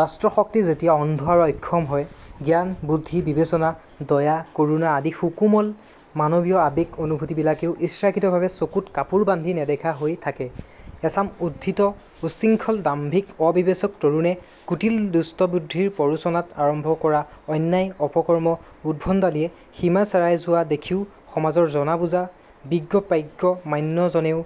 ৰাষ্ট্ৰশক্তি যেতিয়া অন্ধ আৰু অক্ষম হয়, জ্ঞান, বুদ্ধি, বিবেচনা, দয়া, কৰুণা আদি সুকোমল মানৱীয় আবেগ অনুভূতি বিলাকেও ইচ্ছাকৃতভাৱে চকুত কাপোৰ বান্ধি নেদেখা হৈ থাকে। এচাম উদ্ধত, উচ্ছৃঙ্খল, দাম্ভিক অবিবেচক তৰুণে কুটিল দুষ্টবুদ্ধিৰ প্ৰৰোচনাত আৰম্ভ কৰা অন্যায়, অপকৰ্ম, উদ্ভণ্ডালিয়ে সীমা চেৰাই যোৱা দেখিও সমাজৰ জনাবুজা বিজ্ঞ প্ৰাজ্ঞ মান্যজনেও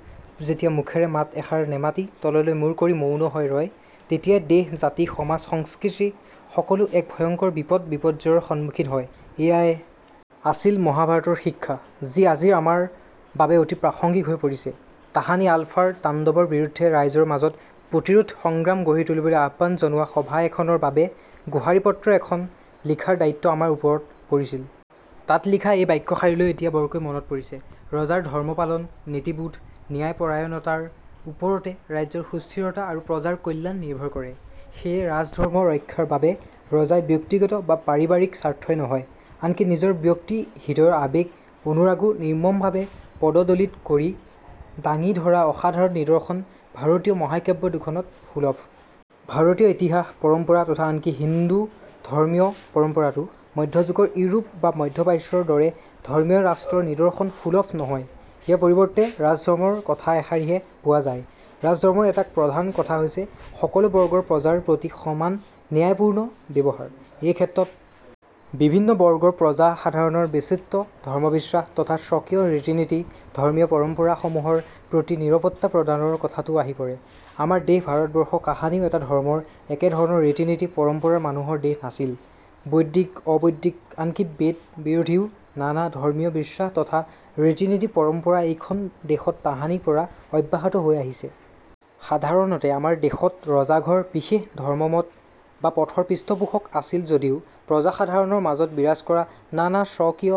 যেতিয়া মুখেৰে মাত এষাৰ নেমাতি তললৈ মুৰ কৰি মৌন হৈ ৰয়, তেতিয়াই দেশ, জাতি, সমাজ, সংস্কৃতি সকলো এক ভয়ংকৰ বিপদ- বিপৰ্যয়ৰ সন্মুখীন হয়। এইয়াই আছিল মহাভাৰতৰ শিক্ষা, যি আজি আমাৰ বাবে অতি প্ৰাসংগিক হৈ পৰিছে। তাহানি আলফাৰ তাণ্ডৱৰ বিৰুদ্ধে ৰাইজৰ মাজত প্ৰতিৰোধ সংগ্ৰাম গঢ়ি তুলিবলৈ আহ্বান জনোৱা সভা এখনৰ বাবে গোহাৰিপত্ৰ এখন লিখাৰ দায়িত্ব আমাৰ ওপৰত পৰিছিল। তাত লিখা এই বাক্য শাৰীলৈ এতিয়া বৰকৈ মনত পৰিছে। ৰজাৰ ধৰ্মপালন, নীতিবোধ, ন্যায়পৰায়ণতাৰ ওপৰতে ৰাজ্যৰ সুস্থিৰতা আৰু প্ৰজাৰ কল্যাণ নিৰ্ভৰ কৰে। সেয়ে ৰাজধৰ্ম ৰক্ষাৰ বাবে ৰজাই ব্যক্তিগত বা পাৰিবাৰিক স্বাৰ্থই নহয়, আনকি নিজৰ ব্যক্তি হৃদয়ৰ আবেগ- অনুৰাগো নিৰ্মমভাবে পদদলিত কৰি ডাঙি ধৰা অসাধাৰণ নিদৰ্শন ভাৰতীয় মহাকাব্য দুখনত সুলভ। ভাৰতীয় ইতিহাস, পৰম্পৰা তথা আনকি হিন্দু ধৰ্মীয় পৰম্পৰাতো মধ্যযুগৰ ইউৰোপ বা মধ্যপ্ৰাচ্যৰ দৰে ধৰ্মীয় ৰাষ্ট্ৰৰ নিদৰ্শন সুলভ নহয়। ইয়াৰ পৰিবৰ্তে ৰাজধৰ্মৰ কথা এষাৰিহে পোৱা যায়। ৰাজধৰ্মৰ এটা প্ৰধান কথা হৈছে সকলো বৰ্গৰ প্ৰজাৰ প্ৰতি সমান ন্যায়পুৰ্ণ ব্যৱহাৰ। এইক্ষেত্ৰত বিভিন্ন বৰ্গৰ প্ৰজাসাধাৰণৰ বিচিত্ৰ ধৰ্মবিশ্বাস তথা স্বকীয় ৰীতি নীতি, ধৰ্মীয় পৰম্পৰা সমুহৰ প্ৰতি নিৰপত্তা প্ৰদানৰ কথাটোও আহি পৰে। আমাৰ দেশ ভাৰতবৰ্ষ কাহানিও এটা ধৰ্মৰ, একেধৰণৰ ৰীতি নীতি পৰম্পৰাৰ মানুহৰ দেশ নাছিল। বৈদিক, অবৈদিক আনকি বেদ বিৰোধীও নানা ধৰ্মীয় বিশ্বাস তথা ৰীতি নীতি পৰম্পৰা এইখন দেশত তাহানিৰ পৰা অব্যাহত হৈ আহিছে। সাধাৰণতে আমাৰ দেশত ৰজাঘৰ বিশেষ ধৰ্মমত বা পথৰ পৃষ্টপোষক আছিল যদিও প্ৰজাসাধাৰণৰ মাজত বিৰাজ কৰা নানা স্বকীয়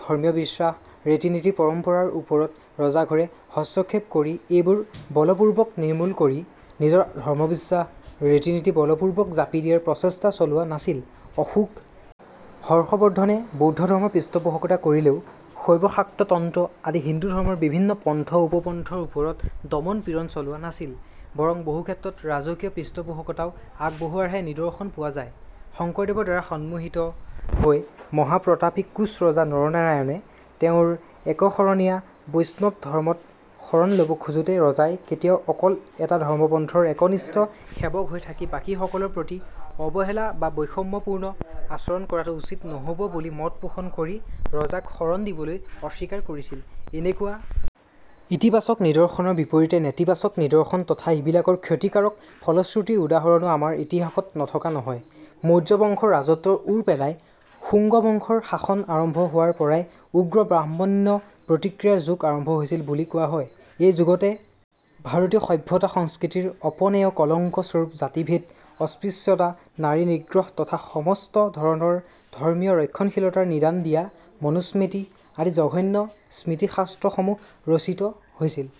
ধৰ্মীয় বিশ্বাস, ৰীতিনীতিৰ পৰম্পৰাৰ ওপৰত ৰজাঘৰে হস্তক্ষেপ কৰি এইবোৰ বলপুৰ্বক নিৰ্মূল কৰি নিজৰ ধৰ্মবিশ্বাস, ৰীতিনীতি বলপুৰ্বক জাপি দিয়াৰ প্ৰচেষ্টা চলোৱা নাছিল। অশোক, হৰ্ষবৰ্দ্ধনে বৌদ্ধ ধৰ্মৰ পৃষ্ঠপোষকতা কৰিলেও শৈৱ শাক্ত তন্ত্ৰ আদি হিন্দু ধৰ্মৰ বিভিন্ন পন্থ উপপন্থৰ ওপৰত দমন পীড়ন চলোৱা নাছিল। বৰং বহুক্ষেত্ৰত ৰাজকীয় পৃষ্ঠপোষকতাও আগবঢ়োৱাৰহে নিদৰ্শন পোৱা যায়। শঙ্কৰদেৱৰ দ্বাৰা সন্মোহিত হৈ মহাপ্ৰতাপী কোঁচ ৰজা নৰনাৰায়ণে তেওঁৰ একশৰণীয়া বৈষ্ণৱ ধৰ্মত শৰণ লব খোজোতে ৰজাই কেতিয়াও অকল এটা ধৰ্মপন্থৰ একনিষ্ঠ সেৱক হৈ থাকি বাকী সকলৰ প্ৰতি অবহেলা বা বৈষম্যপুৰ্ণ আচৰণ কৰাটো উচিত নহ'ব বুলি মত পোষণ কৰি ৰজাক শৰন দিবলৈ অস্বীকাৰ কৰিছিল। এনেকুৱা ইতিবাচক নিদৰ্শনৰ বিপৰীতে নেতিবাচক নিদৰ্শন তথা ইবিলাকৰ ক্ষতিকাৰক ফলশ্ৰুতিৰ উদাহৰণো আমাৰ ইতিহাসত নথকা নহয়। মৌৰ্য বংশৰ ৰাজত্বৰ ওৰ পেলাই শুংগ বংশৰ শাসন আৰম্ভ হোৱাৰ পৰাই উগ্ৰ ব্ৰাহ্মন্য প্ৰতিক্ৰিয়াৰ যুগ আৰম্ভ হৈছিল বুলি কোৱা হয়। এইযুগতে ভাৰতীয় সভ্যতা সংস্কৃতিৰ অপনেয় কলংক স্বৰূপ জাতিভেদ, অস্পৃশ্যতা, নাৰী নিগ্ৰহ তথা সমস্ত ধৰণৰ ধৰ্মীয় ৰক্ষণশীলতাৰ নিদান দিয়া মনুস্মৃতি আদি জঘন্য স্মৃতিশাস্ত্ৰ সমুহ ৰচিত হৈছিল।